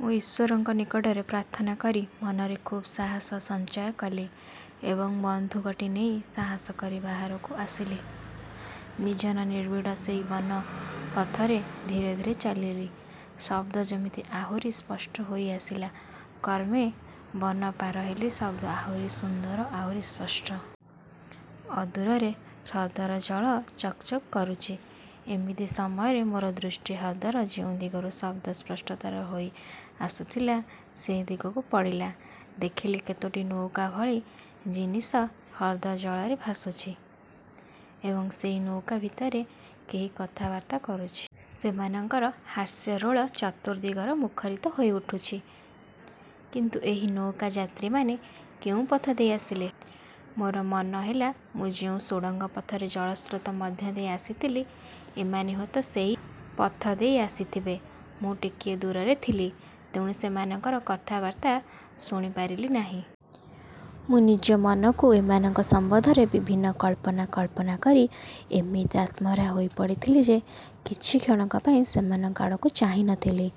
ମୁଁ ଈଶ୍ୱରଙ୍କ ନିକଟରେ ପ୍ରାର୍ଥନା କରି ମନରେ ଖୁବ୍ ସାହସ ସଞ୍ଚୟ କଲି ଏବଂ ବନ୍ଧୁକଟି ନେଇ ସାହସ କରି ବାହାରକୁ ଆସିଲି। ନିର୍ଜନ ନିବିଡ଼ ସେଇ ବନ ପଥରେ ଧୀରେ ଧୀରେ ଚାଲିଲି। ଶବ୍ଦ ଯେମିତି ଆହୁରି ସ୍ପଷ୍ଟ ହୋଇଆସିଲା। କ୍ରମେ ବନ ପାର ହେଲି, ଶବ୍ଦ ଆହୁରି ସୁନ୍ଦର, ଆହୁରି ସ୍ପଷ୍ଟ। ଅଦୂରରେ ହ୍ରଦର ଜଳ ଚକ୍ଚକ୍ କରୁଛି। ଏମିତି ସମୟରେ ମୋର ଦୃଷ୍ଟି ହ୍ରଦର ଯେଉଁ ଦିଗରୁ ଶବ୍ଦ ସ୍ପଷ୍ଟତର ହୋଇ ଆସୁଥିଲା, ସେଇ ଦିଗକୁ ପଡ଼ିଲା। ଦେଖିଲି କେତୋଟି ନୌକାଭଳି ଜିନିଷ ହ୍ରଦ ଜଳରେ ଭାସୁଛି ଏବଂ ସେହି ନୌକା ଭିତରେ କେହି କଥାବାର୍ତ୍ତା କରୁଛି। ସେମାନଙ୍କର ହାସ୍ୟରୋଳ ଚତୁର୍ଦ୍ଦିଗରେ ମୁଖରିତ ହୋଇ ଉଠୁଛି। କିନ୍ତୁ ଏହି ନୌକା-ଯାତ୍ରୀମାନେ କେଉଁ ପଥ ଦେଇ ଆସିଲେ? ମୋର ମନେହେଲା, ମୁଁ ଯେଉଁ ସୁଡ଼ଙ୍ଗ ପଥରେ ଜଳସ୍ରୋତ ମଧ୍ୟ ଦେଇ ଆସିଥିଲି, ଏମାନେ ହୁଏତ ସେହି ପଥ ଦେଇ ଆସିଥିବେ। ମୁଁ ଟିକିଏ ଦୂରରେ ଥିଲି, ତେଣୁ ସେମାନଙ୍କର କଥାବାର୍ତ୍ତା ଶୁଣିପାରିଲି ନାହିଁ। ମୁଁ ନିଜ ମନକୁ ଏମାନଙ୍କ ସମ୍ବନ୍ଧରେ ବିଭିନ୍ନ କଳ୍ପନା ଜଳ୍ପନା କରି ଏମିତି ଆତ୍ମହରା ହୋଇପଡ଼ିଥିଲି ଯେ କିଛି କ୍ଷଣପାଇଁ ସେମାନଙ୍କ ଆଡ଼କୁ ଚାହିଁ ନ ଥିଲି।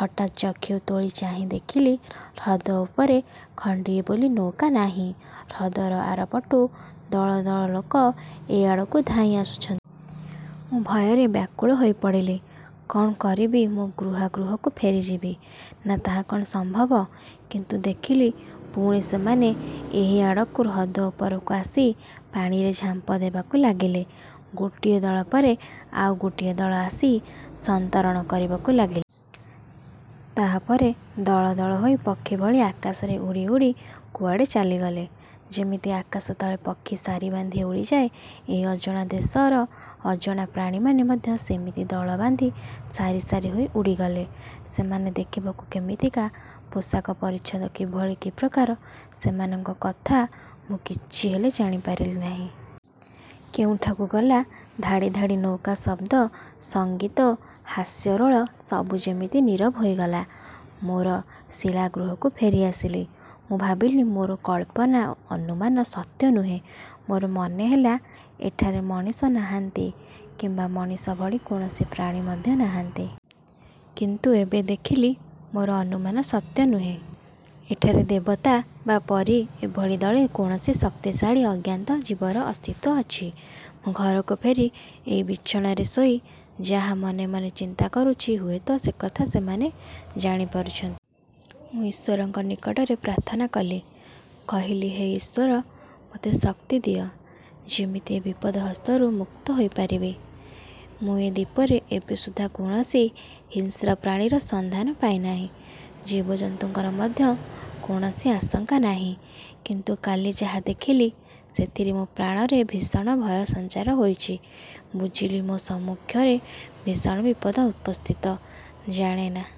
ହଠାତ୍ ଚକ୍ଷୁ ତୋଳି ଚାହିଁ ଦେଖିଲି ହ୍ରଦ ଉପରେ ଖଣ୍ଡିଏ ବୋଲି ନୌକା ନାହିଁ। ହ୍ରଦର ଆରପଟୁ ଦଳ ଦଳ ଲୋକ ଏ ଆଡ଼କୁ ଧାଇଁ ଆସୁଛନ୍ତି। ମୁଁ ଭୟରେ ବ୍ୟାକୁଳ ହୋଇପଡ଼ିଲି। କ'ଣ କରିବି? ମୋ ଗୁହା-ଗୃହକୁ ଫେରିଯିବି? ନା, ତାହା କ'ଣ ସମ୍ଭବ? କିନ୍ତୁ ଦେଖିଲି, ପୁଣି ସେମାନେ ଏହି ଆଡ଼କୁ ହ୍ରଦ ଉପରକୁ ଆସି ପାଣିରେ ଝାମ୍ପ ଦେବାକୁ ଲାଗିଲେ। ଗୋଟିଏ ଦଳ ପରେ ଆଉ ଗୋଟିଏ ଦଳ ଆସି ସନ୍ତରଣ କରିବାକୁ ଲାଗିଲେ। ତାହାପରେ ଦଳ ଦଳ ହୋଇ ପକ୍ଷୀ ଭଳି ଆକାଶରେ ଉଡ଼ି ଉଡ଼ି କୁଆଡ଼େ ଚାଲିଗଲେ। ଯେମିତି ଆକାଶ ତଳେ ପକ୍ଷୀ ସାରି ବାନ୍ଧି ଉଡ଼ିଯାଏ, ଏଇ ଅଜଣା ଦେଶର ଅଜଣା ପ୍ରାଣୀମାନେ ମଧ୍ୟ ସେମିତି ଦଳ ବାନ୍ଧି ସାରି ସାରି ହୋଇ ଉଡ଼ିଗଲେ। ସେମାନେ ଦେଖିବାକୁ କେମିତିକା, ପୋଷାକ ପରିଚ୍ଛଦ କିଭଳି, କି ପ୍ରକାର ସେମାନଙ୍କ କଥା, ମୁଁ କିଛିହେଲେ ଜାଣିପାରିଲି ନାହିଁ। କେଉଁଠାକୁ ଗଲା ଧାଡ଼ି ଧାଡ଼ି ନୌକା, ଶବ୍ଦ, ସଙ୍ଗୀତ ଓ ହାସ୍ୟରୋଳ, ସବୁ ଯେମିତି ନୀରବ ହୋଇଗଲା। ମୋର ଶିଳା ଗୃହକୁ ଫେରିଆସିଲି। ମୁଁ ଭାବିଲି, ମୋର କଳ୍ପନା ଓ ଅନୁମାନ ସତ୍ୟ ନୁହେଁ। ମୋର ମନେହେଲା ଏଠାରେ ମଣିଷ ନାହାନ୍ତି କିମ୍ବା ମଣିଷଭଳି କୌଣସି ପ୍ରାଣୀ ମଧ୍ୟ ନାହାନ୍ତି। କିନ୍ତୁ ଏବେ ଦେଖିଲି, ମୋର ଅନୁମାନ ସତ୍ୟ ନୁହେଁ। ଏଠାରେ ଦେବତା ବା ପରୀ ଏଭଳି ଦଳେ କୌଣସି ଶକ୍ତିଶାଳୀ ଅଜ୍ଞାତ ଜୀବର ଅସ୍ତିତ୍ୱ ଅଛି। ମୁଁ ଘରକୁ ଫେରି ଏଇ ବିଛଣାରେ ଶୋଇ ଯାହା ମନେ ମନେ ଚିନ୍ତା କରୁଛି, ହୁଏତ ସେକଥା ସେମାନେ ଜାଣିପାରୁଛନ୍ତି। ମୁଁ ଈଶ୍ୱରଙ୍କ ନିକଟରେ ପ୍ରାର୍ଥନା କଲି, କହିଲି-ହେ ଈଶ୍ୱର! ମୋତେ ଶକ୍ତି ଦିଅ ଯେମିତି ଏ ବିପଦ ହସ୍ତରୁ ମୁକ୍ତ ହୋଇପାରିବି। ମୁଁ ଏ ଦ୍ୱୀପରେ ଏବେ ସୁଦ୍ଧା କୌଣସି ହିଂସ୍ର ପ୍ରାଣୀର ସନ୍ଧାନ ପାଇନାହିଁ, ଜୀବଜନ୍ତୁର ମଧ୍ୟ କୌଣସି ଆଶଙ୍କା ନାହିଁ। କିନ୍ତୁ କାଲି ଯାହା ଦେଖିଲି, ସେଥିରେ ମୋ ପ୍ରାଣରେ ଭୀଷଣ ଭୟ ସଞ୍ଚାର ହୋଇଛି। ବୁଝିଲି ମୋ ସମ୍ମୁଖରେ ଭୀଷଣ ବିପଦ ଉପସ୍ଥିତ। ଜାଣେନା,